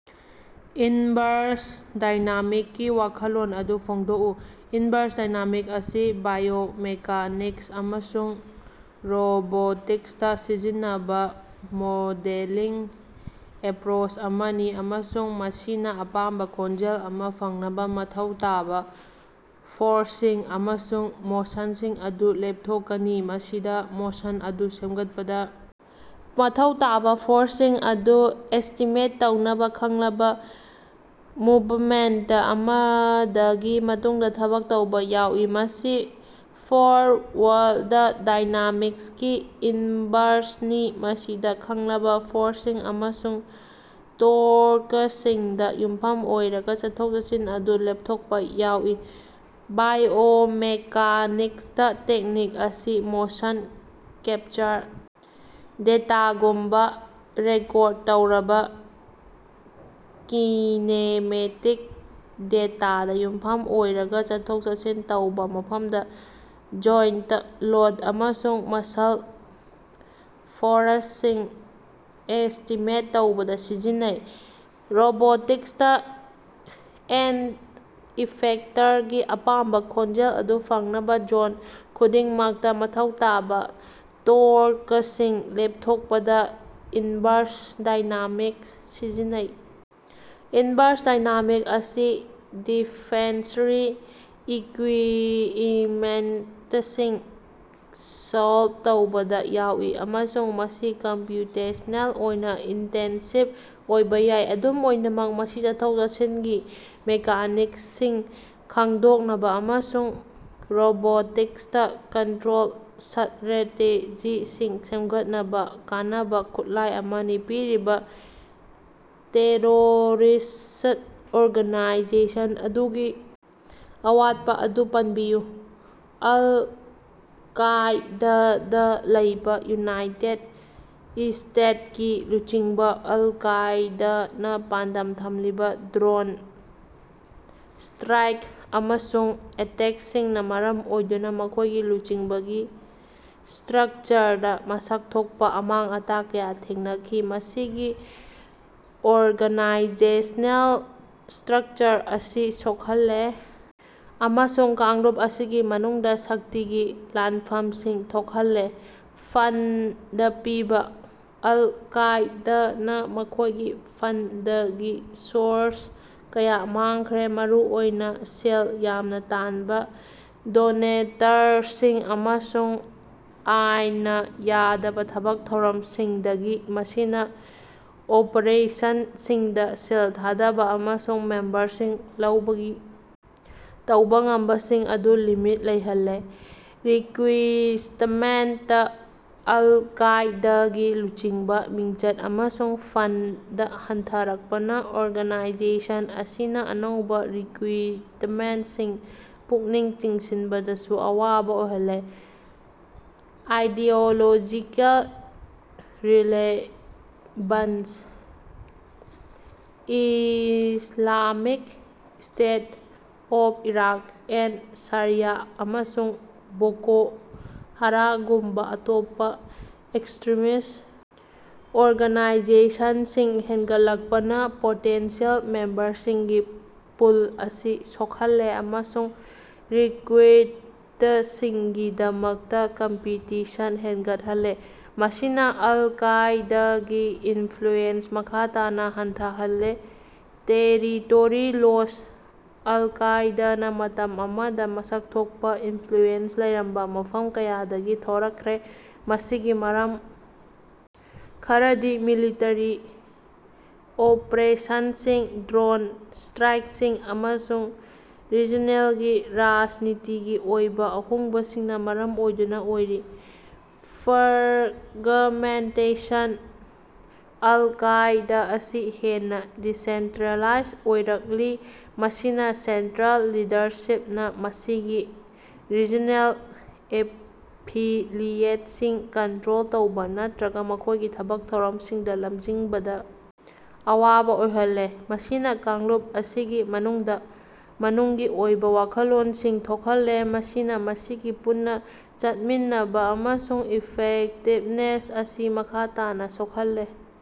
Inverse dynamic ꯀꯤ ꯋꯥꯈꯜꯂꯣꯟ ꯑꯗꯨ ꯐꯣꯡꯗꯣꯛꯎ꯫ ꯏꯟꯚꯔꯁ ꯗꯥꯏꯅꯥꯃꯤꯛꯁ ꯑꯁꯤ ꯕꯥꯏꯑꯣꯃꯦꯀꯥꯅꯤꯛꯁ ꯑꯃꯁꯨꯡ ꯔꯣꯕꯣꯇꯤꯛꯁꯇꯥ ꯁꯤꯖꯤꯟꯅꯕ ꯃꯣꯗꯦꯂꯤꯡ ꯑꯦꯄ꯭ꯔꯣꯆ ꯑꯃꯅꯤ ꯑꯃꯁꯨꯡ ꯃꯁꯤꯅ ꯑꯄꯥꯝꯕ ꯈꯣꯡꯖꯦꯜ ꯑꯃ ꯐꯪꯅꯕ ꯃꯊꯧ ꯇꯥꯕ ꯐꯣꯔꯁꯁꯤꯡ ꯑꯃꯁꯨꯡ ꯃꯣꯁꯟꯁꯤꯡ ꯑꯗꯨ ꯂꯦꯞꯊꯣꯛꯀꯅꯤ꯫ ꯃꯁꯤꯗ ꯃꯣꯁꯟ ꯑꯗꯨ ꯁꯦꯝꯒꯠꯄꯗ ꯃꯊꯧ ꯇꯥꯕ ꯐꯣꯔꯁꯁꯤꯡ ꯑꯗꯨ ꯑꯦꯁ꯭ꯇꯤꯃꯦꯠ ꯇꯧꯅꯕ ꯈꯪꯂꯕ ꯃꯨꯚꯃꯦꯟꯇ ꯑꯃꯗꯒꯤ ꯃꯇꯨꯡꯗ ꯊꯕꯛ ꯇꯧꯕ ꯌꯥꯎꯏ꯫ ꯃꯁꯤ ꯐꯣꯔꯋꯥꯔꯗ ꯗꯥꯏꯅꯥꯃꯤꯛꯁꯀꯤ ꯏꯟꯕꯔꯁꯅꯤ, ꯃꯁꯤꯗ ꯈꯪꯂꯕ ꯐꯣꯔꯁꯁꯤꯡ ꯑꯃꯁꯨꯡ ꯇꯣꯔꯀꯁꯤꯡꯗ ꯌꯨꯝꯐꯝ ꯑꯣꯏꯔꯒ ꯆꯠꯊꯣꯛ-ꯆꯠꯁꯤꯟ ꯑꯗꯨ ꯂꯦꯞꯊꯣꯛꯄ ꯌꯥꯎꯏ꯫ ꯕꯥꯏꯑꯣꯃꯦꯀꯥꯅꯤꯛꯁꯇ, ꯇꯦꯛꯅꯤꯛ ꯑꯁꯤ ꯃꯣꯁꯟ ꯀꯦꯞꯆꯔ ꯗꯦꯇꯥꯒꯨꯝꯕ ꯔꯦꯀꯣꯔꯗ ꯇꯧꯔꯕ ꯀꯤꯅꯦꯃꯦꯇꯤꯛ ꯗꯦꯇꯥꯗ ꯌꯨꯝꯐꯝ ꯑꯣꯏꯔꯒ, ꯆꯠꯊꯣꯛ-ꯆꯠꯁꯤꯟ ꯇꯧꯕ ꯃꯇꯝꯗ ꯖꯣꯏꯟꯇ ꯂꯣꯗ ꯑꯃꯁꯨꯡ ꯃꯁꯜ ꯐꯣꯔꯁꯁꯤꯡ ꯑꯦꯁ꯭ꯇꯤꯃꯦꯠ ꯇꯧꯕꯗ ꯁꯤꯖꯤꯟꯅꯩ꯫ ꯔꯣꯕꯣꯇꯤꯛꯁꯇ, ꯑꯦꯟꯗ-ꯏꯐꯦꯛꯇꯔꯒꯤ ꯑꯄꯥꯝꯕ ꯈꯣꯡꯖꯦꯜ ꯑꯗꯨ ꯐꯪꯅꯕ ꯖꯣꯟ ꯈꯨꯗꯤꯡꯃꯛꯇ ꯃꯊꯧ ꯇꯥꯕ ꯇꯣꯔꯀꯁꯤꯡ ꯂꯦꯞꯊꯣꯛꯄꯗ ꯏꯟꯕꯔꯁ ꯗꯥꯏꯅꯥꯃꯤꯛꯁ ꯁꯤꯖꯤꯟꯅꯩ꯫ ꯏꯟꯚꯔꯁ ꯗꯥꯏꯅꯥꯃꯤꯛꯁ ꯑꯁꯤ ꯗꯤꯐꯦꯟꯁꯔꯤ ꯏꯀ꯭ꯌꯨꯏꯞꯃꯦꯟꯇꯁꯤꯡ ꯁꯣꯜꯕ ꯇꯧꯕꯗ ꯌꯥꯎꯏ ꯑꯃꯁꯨꯡ ꯃꯁꯤ ꯀꯝꯄ꯭ꯌꯨꯇꯦꯁꯅꯦꯜ ꯑꯣꯏꯅ ꯏꯟꯇꯦꯟꯁꯤꯕ ꯑꯣꯏꯕ ꯌꯥꯏ꯫ ꯑꯗꯨꯝ ꯑꯣꯏꯅꯃꯛ ꯃꯁꯤ ꯆꯠꯊꯣꯛ-ꯆꯠꯁꯤꯟꯒꯤ ꯃꯦꯀꯥꯅꯤꯛꯁꯁꯤꯡ ꯈꯪꯗꯣꯛꯅꯕ ꯑꯃꯁꯨꯡ ꯔꯣꯕꯣꯇꯤꯛꯁꯇ ꯀꯟꯇ꯭ꯔꯣꯜ ꯁ꯭ꯠꯔꯦꯇꯦꯖꯤꯁꯤꯡ ꯁꯦꯝꯒꯠꯅꯕ ꯀꯥꯟꯅꯕ ꯈꯨꯠꯂꯥꯏ ꯑꯃꯅꯤ꯫ ꯄꯤꯔꯤꯕ ꯇꯦꯔꯣꯔꯤꯁ꯭ꯠ ꯑꯣꯔꯒꯅꯥꯏꯖꯦꯁꯟ ꯑꯗꯨꯒꯤ ꯑꯋꯥꯠꯄ ꯑꯗꯨ ꯄꯟꯕꯤꯌꯨ꯫ ꯑꯜ ꯀꯥꯏꯗꯥꯗ ꯂꯩꯕ ꯌꯨꯅꯥꯏꯇꯦꯗ ꯏꯁꯇꯦꯠꯁ ꯀꯤ ꯂꯨꯆꯤꯡꯕ: ꯑꯜ ꯀꯥꯏꯗꯥꯅ ꯄꯥꯟꯗꯝ ꯊꯝꯂꯤꯕ ꯗ꯭ꯔꯣꯟ ꯁ꯭ꯇ꯭ꯔꯥꯏꯛ ꯑꯃꯁꯨꯡ ꯑꯦꯇꯦꯛꯁꯤꯡꯅ ꯃꯔꯝ ꯑꯣꯏꯗꯨꯅ ꯃꯈꯣꯏꯒꯤ ꯂꯨꯆꯤꯡꯕꯒꯤ ꯁ꯭ꯇꯔꯛꯆꯔꯗ ꯃꯁꯛ ꯊꯣꯛꯄ ꯑꯃꯥꯡ-ꯑꯇꯥ ꯀꯌꯥ ꯊꯦꯡꯅꯈꯤ, ꯃꯁꯤꯒꯤ ꯑꯣꯔꯒꯅꯥꯏꯖꯦꯁꯅꯦꯜ ꯁ꯭ꯇꯔꯛꯆꯔ ꯑꯁꯤ ꯁꯣꯛꯍꯜꯂꯦ ꯑꯃꯁꯨꯡ ꯀꯥꯡꯂꯨꯞ ꯑꯁꯤꯒꯤ ꯃꯅꯨꯡꯗ ꯁꯛꯇꯤꯒꯤ ꯂꯥꯟꯐꯝꯁꯤꯡ ꯊꯣꯛꯍꯜꯂꯦ꯫ ꯐꯟꯗ ꯄꯤꯕ: ꯑꯜ ꯀꯥꯏꯗꯥꯅ ꯃꯈꯣꯏꯒꯤ ꯐꯟꯗꯒꯤ ꯁꯣꯔꯁ ꯀꯌꯥ ꯃꯥꯡꯈ꯭ꯔꯦ, ꯃꯔꯨꯑꯣꯏꯅꯥꯡ ꯁꯦꯜ ꯌꯥꯝꯅ ꯇꯥꯟꯕ ꯗꯣꯅꯦꯇꯔꯁꯤꯡ ꯑꯃꯁꯨꯡ ꯑꯥꯏꯟꯅ ꯌꯥꯗꯕ ꯊꯕꯛ ꯊꯧꯔꯝꯁꯤꯡꯗꯒꯤ꯫ ꯃꯁꯤꯅ ꯑꯣꯄꯔꯦꯁꯟꯁꯤꯡꯗ ꯁꯦꯜ ꯊꯥꯗꯕ ꯑꯃꯁꯨꯡ ꯃꯦꯝꯕꯔꯁꯤꯡ ꯂꯧꯕꯒꯤ ꯇꯧꯕ ꯉꯝꯕꯁꯤꯡ ꯑꯗꯨ ꯂꯤꯃꯤꯠ ꯂꯩꯍꯜꯂꯦ꯫ ꯔꯤꯀ꯭ꯔꯨꯏꯇꯃꯦꯟꯇ: ꯑꯜ ꯀꯥꯏꯗꯥꯒꯤ ꯂꯨꯆꯤꯡꯕ, ꯃꯤꯡꯆꯠ ꯑꯃꯁꯨꯡ ꯐꯟꯗ ꯍꯟꯊꯔꯛꯄꯅ ꯑꯣꯔꯒꯅꯥꯏꯖꯦꯁꯟ ꯑꯁꯤꯅ ꯑꯅꯧꯕ ꯔꯤꯀ꯭ꯔꯨꯏꯇꯃꯦꯟꯇꯁꯤꯡ ꯄꯨꯛꯅꯤꯡ ꯆꯤꯡꯁꯤꯟꯕꯗꯁꯨ ꯑꯋꯥꯕ ꯑꯣꯏꯍꯜꯂꯦ꯫ Ideological relevance: Islamic States of Iraq and Syria ꯑꯃꯁꯨꯡ ꯕꯣꯀꯣ-ꯍꯔꯥꯝꯒꯨꯝꯕ ꯑꯇꯣꯞꯄ ꯑꯦꯛꯁꯇ꯭ꯔꯤꯃꯤꯁ ꯑꯣꯔꯒꯅꯥꯏꯖꯦꯁꯟꯁꯤꯡ ꯍꯦꯟꯒꯠꯂꯛꯄꯅ ꯄꯣꯇꯦꯟꯁꯤꯌꯦꯜ ꯃꯦꯝꯕꯔꯁꯤꯡꯒꯤ ꯄꯨꯜ ꯑꯁꯤ ꯁꯣꯛꯍꯜꯂꯦ ꯑꯃꯁꯨꯡ ꯔꯤꯀ꯭ꯔꯨꯏꯇꯁꯤꯡꯒꯤꯗꯃꯛꯇ ꯀꯝꯄꯤꯇꯤꯁꯟ ꯍꯦꯟꯒꯠꯍꯜꯂꯦ, ꯃꯁꯤꯅ ꯑꯜ ꯀꯥꯏꯗꯥꯒꯤ ꯏꯟꯐ꯭ꯂꯨꯑꯦꯟꯁ ꯃꯈꯥ ꯇꯥꯅ ꯍꯟꯊꯍꯜꯂꯦ꯫ ꯇꯦꯔꯤꯇꯣꯔꯤ ꯂꯣꯁ: ꯑꯜ ꯀꯥꯏꯗꯥꯅ ꯃꯇꯝ ꯑꯃꯗ ꯃꯁꯛ ꯊꯣꯛꯄ ꯏꯟꯐ꯭ꯂꯨꯑꯦꯟꯁ ꯂꯩꯔꯝꯕ ꯃꯐꯝ ꯀꯌꯥꯗꯒꯤ ꯊꯣꯔꯛꯈ꯭ꯔꯦ, ꯃꯁꯤꯒꯤ ꯃꯔꯝ ꯈꯔꯗꯤ ꯃꯤꯂꯤꯇꯔꯤ ꯑꯣꯄ꯭ꯔꯦꯁꯟꯁꯤꯡ, ꯗ꯭ꯔꯣꯟ ꯁ꯭ꯇ꯭ꯔꯥꯏꯛꯁꯤꯡ, ꯑꯃꯁꯨꯡ ꯔꯤꯖꯅꯦꯜꯒꯤ ꯔꯥꯖꯅꯤꯇꯤꯒꯤ ꯑꯣꯏꯕ ꯑꯍꯣꯡꯕꯁꯤꯡꯅ ꯃꯔꯝ ꯑꯣꯏꯗꯨꯅ ꯑꯣꯏꯔꯤ꯫ ꯐ꯭ꯔꯒꯃꯦꯟꯇꯦꯁꯟ: ꯑꯜ ꯀꯥꯏꯗ ꯑꯁꯤ ꯍꯦꯟꯅ ꯗꯤꯁꯦꯟꯇ꯭ꯔꯦꯂꯥꯏꯖ ꯑꯣꯏꯔꯛꯂꯤ, ꯃꯁꯤꯅ ꯁꯦꯟꯇ꯭ꯔꯦꯜ ꯂꯤꯗꯔꯁꯤꯞꯅ ꯃꯁꯤꯒꯤ ꯔꯤꯖꯅꯦꯜ ꯑꯦꯐꯤꯂꯤꯌꯦꯠꯁꯤꯡ ꯀꯟꯇ꯭ꯔꯣꯜ ꯇꯧꯕ ꯅꯠꯇ꯭ꯔꯒ ꯃꯈꯣꯏꯒꯤ ꯊꯕꯛ ꯊꯧꯔꯝꯁꯤꯡꯗ ꯂꯝꯖꯤꯡꯕꯗ ꯑꯋꯥꯕ ꯑꯣꯏꯍꯜꯂꯦ꯫ ꯃꯁꯤꯅ ꯀꯥꯡꯂꯨꯞ ꯑꯁꯤꯒꯤ ꯃꯅꯨꯡꯗ ꯃꯅꯨꯡꯒꯤ ꯑꯣꯏꯕ ꯋꯥꯈꯜꯂꯣꯟꯁꯤꯡ ꯊꯣꯛꯍꯜꯂꯦ, ꯃꯁꯤꯅ ꯃꯁꯤꯒꯤ ꯄꯨꯟꯅ ꯆꯠꯃꯤꯟꯅꯕ ꯑꯃꯁꯨꯡ ꯏꯐꯦꯛꯇꯤꯕꯅꯦꯁ ꯑꯁꯤ ꯃꯈꯥ ꯇꯥꯅ ꯁꯣꯛꯍꯜꯂꯦ꯫